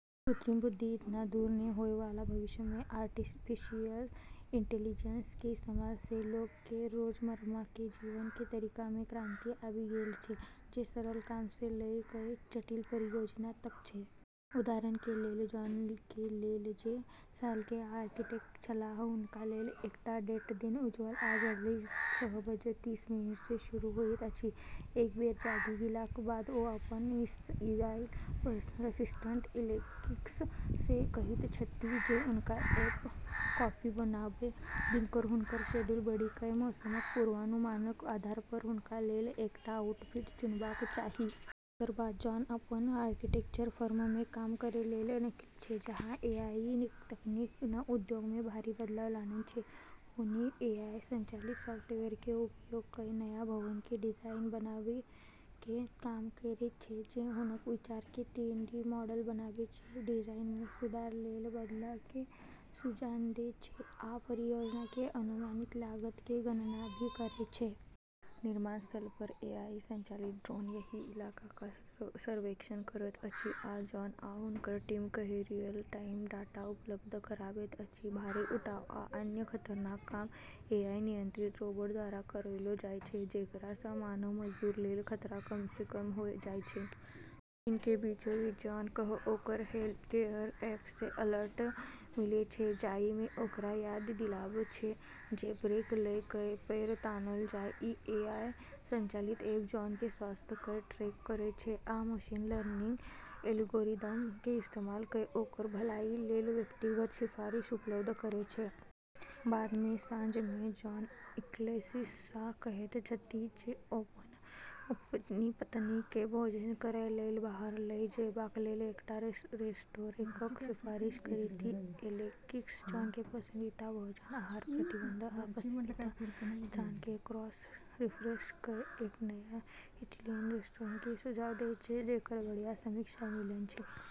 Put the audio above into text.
कृत्रिम बुद्धि एतना दूर नै होय वाला भविष्य मे आर्टिफिशियल इंटेलिजेंस के इस्तेमाल सँ लोग के रोजमर्रा के जीवन के तरीका मे क्रांति आबि गेल छै, जे सरल काम सँ लय कय जटिल परियोजना तक छै। उदाहरण के लेल जॉन के लेल, जे साल के आर्किटेक्ट छलाह। हुनका लेल एकटा ठेठ दिन उज्ज्वल आ जल्दी छह बजे तीस मिनट सँ शुरू होइत अछि। एक बेर जागि गेलाक बाद ओ अपन एआई पर्सनल असिस्टेंट "एलेक्सिस" सँ कहैत छथि जे हुनका एक कप कॉफी बनाबय, दिनक हुनकर शेड्यूल पढ़ि कय मौसमक पूर्वानुमानक आधार पर हुनका लेल एकटा आउटफिट चुनबाक चाही। एकर बाद जॉन अपन आर्किटेक्चर फर्म मे काम करै लेल निकलै छै, जहाँ एआई तकनीक नँ उद्योग मे भारी बदलाव लानल छै। हुनी एआई संचालित सॉफ्टवेयर के उपयोग कय नया भवन के डिजाइन बनाबै के काम करै छै जे हुनक विचार के तीन-डी मॉडल बनाबै छै, डिजाइन मे सुधार लेल बदलाव के सुझाव दै छै, आ परियोजना के अनुमानित लागत के गणना भी करै छै। निर्माण स्थल पर एआई संचालित ड्रोन एहि इलाका क सर्वेक्षण करैत अछि आ जॉन आ हुनकर टीम कए रियल टाइम डाटा उपलब्ध कराबैत अछि। भारी उठाव आ अन्य खतरनाक काम एआई नियंत्रित रोबोट द्वारा करलौ जाय छै, जेकरा सँ मानव मजदूर लेल खतरा कम सँ कम होय जाय छै। दिन के बीचोबीच जॉन कए ओकर हेल्थकेयर ऐप सँ अलर्ट मिलै छै जाहि मे ओकरा याद दिलाबै छै जे ब्रेक लय कय पैर तानल जाय। ई एआई संचालित ऐप जॉन के स्वास्थ्य कय ट्रैक करै छै आ मशीन लर्निंग एल्गोरिदम के इस्तेमाल कय ओकर भलाई लेल व्यक्तिगत सिफारिश उपलब्ध करै छै। बाद मे साँझ मे जॉन एलेक्सिस सँ कहैत छथि जे ओ अपन पत्नी के भोजन करय लेल बाहर लय जेबाक लेल एकटा रेस्टोरेंटक सिफारिश करथि। एलेक्सिस जॉन के पसंदीदा भोजन, आहार प्रतिबंध, आ पसंदीदा स्थान के क्रॉस-रेफरेंस कय एक नया इटैलियन रेस्टोरेंट के सुझाव दै छै जेकर बढ़िया समीक्षा मिलल छै।